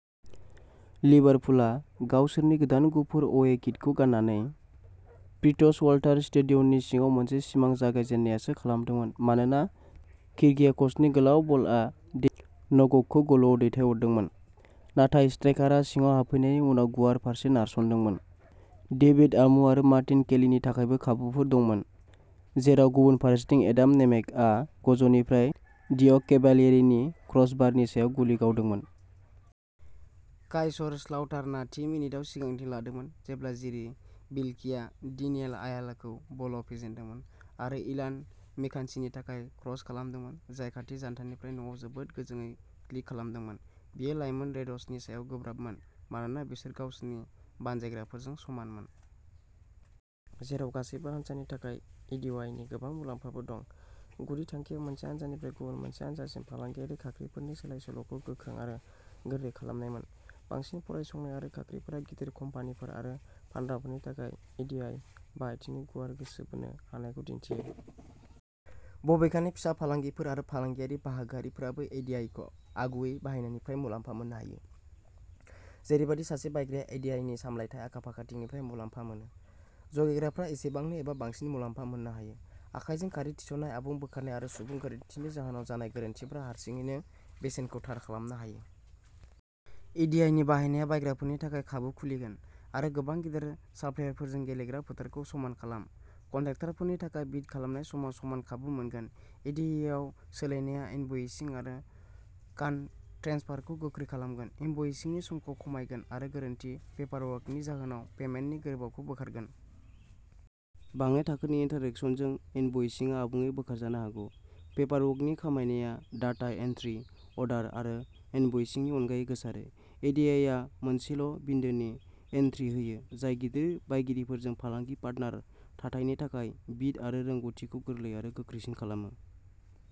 लिभारपुलआ, गावसोरनि गोदान गुफुर अवे किटखौ गाननानै, फ्रिट्ज वाल्टार स्टेडिय'ननि सिङाव मोनसे सिमां जागायजेन्नायसो खालामदोंमोन मानोना किर्गियाक'सनि गोलाव बलआ डेभिड नग'गखौ गलआव दैथायहरदोंमोन, नाथाय स्ट्राइकारआ सिङाव हाबफैनायनि उनाव गुवार फारसे नारस'दोंमोन। डेभिड आमू आरो मार्टिन केलीनि थाखायबो खाबुफोर दंमोन, जेराव गुबुन फारसेथिं एडाम नेमेकआ गजनिफ्राय डियेग'केभालियेरीनि क्रसबारनि सायाव गुलि गावदोंमोन। काइसरस्लाउटार्ना थि मिनिटआव सिगांथि लादोंमोन जेब्ला जिरी बिल्कीआ डेनियेल आयालाखौ बलआव फेजेन्दोंमोन आरो इलान मिकान्स्कीनि थाखाय क्रस खालामदोंमोन, जाय खाथि जानथायनिफ्राय न'आव जोबोद गोजोंयै फ्लिक खालामदोंमोन। बेयो लाइमोन रेड्सनि सायाव गोब्राबमोन मानोना बिसोर गावसोरनि बानजायग्राफोरजों समानमोन। जेराव गासैबो हान्जानि थाखाय इडिआइनि गोबां मुलाम्फाफोर दं, गुदि थांखिया मोनसे हानजानिफ्राय गुबुन मोनसे हान्जासिम फालांगियारि खाख्रिफोरनि सोलाय-सोल'खौ गोख्रों आरो गोरलै खालामनायमोन। बांसिन फरायसंनाय आरो खाख्रिफोरा गिदिर कम्पानिफोर आरो फानग्राफोरनि थाखाय इडिआइ बाहायथिनि गुवार गोसो बोनो हानायखौ दिन्थियो। बबेखानि, फिसा फालांगिफोर आरो फालांगियारि बाहागोआरिफोराबो इडिआइखौ आगुयै बाहायनायनिफ्राय मुलाम्फा मोननो हायो। जेरैबादि सासे बायग्राया इडिआइनि सामलायथाय आखाफाखांथिनिफ्राय मुलाम्फा मोनो, जगायग्राफोरा एसेबांनो एबा बांसिन मुलामफा मोननो हायो। आखाइजों खारि थिसननायनि आबुं बोखारनाय आरो सुबुं गोरोन्थिनि जाहोनाव जानाय गोरोन्थिफोरा हारसिङैनो बेसेनखौ थार खालामनो हायो। इडिआइनि बाहायनाया बायग्राफोरनि थाखाय खाबु खुलिगोन। आरो गोबां गेदेर साप्लायरफोरजों गेलेग्रा फोथारखौ समान खालाम। कन्ट्रेक्टफोरनि थाखाय बिद खालामनाय समाव समान खाबु मोनगोन। इडिआइआव सोलायनाया इनभ'इसिं आरो फान्ड ट्रेन्सफारखौ गोख्रै खालामगोन, इनभ'इसिंनि समखौ खमायगोन आरो गोरोन्थि पेपारवर्कनि जाहोनाव पेमेन्टनि गोबावखौ बोखारगोन। बांनाय थाखोनि इन्टिग्रेसनजों, इनभ'इसिंआ आबुङै बोखारजानो हागौ। पेपारवर्कनि खमायनाया डाटा एन्ट्रि, अर्डार आरो इनभ'इसिंनि अनगायै गोसारो। इडिआइआ मोनसेल'बिन्दोनि एन्ट्रि होयो, जाय गिदिर बायगिरिफोरजों फालांगि पार्टनार थाथायनि थाखाय बिड आरो रोंग'थिखौ गोरलै आरो गोख्रैसिन खालामो।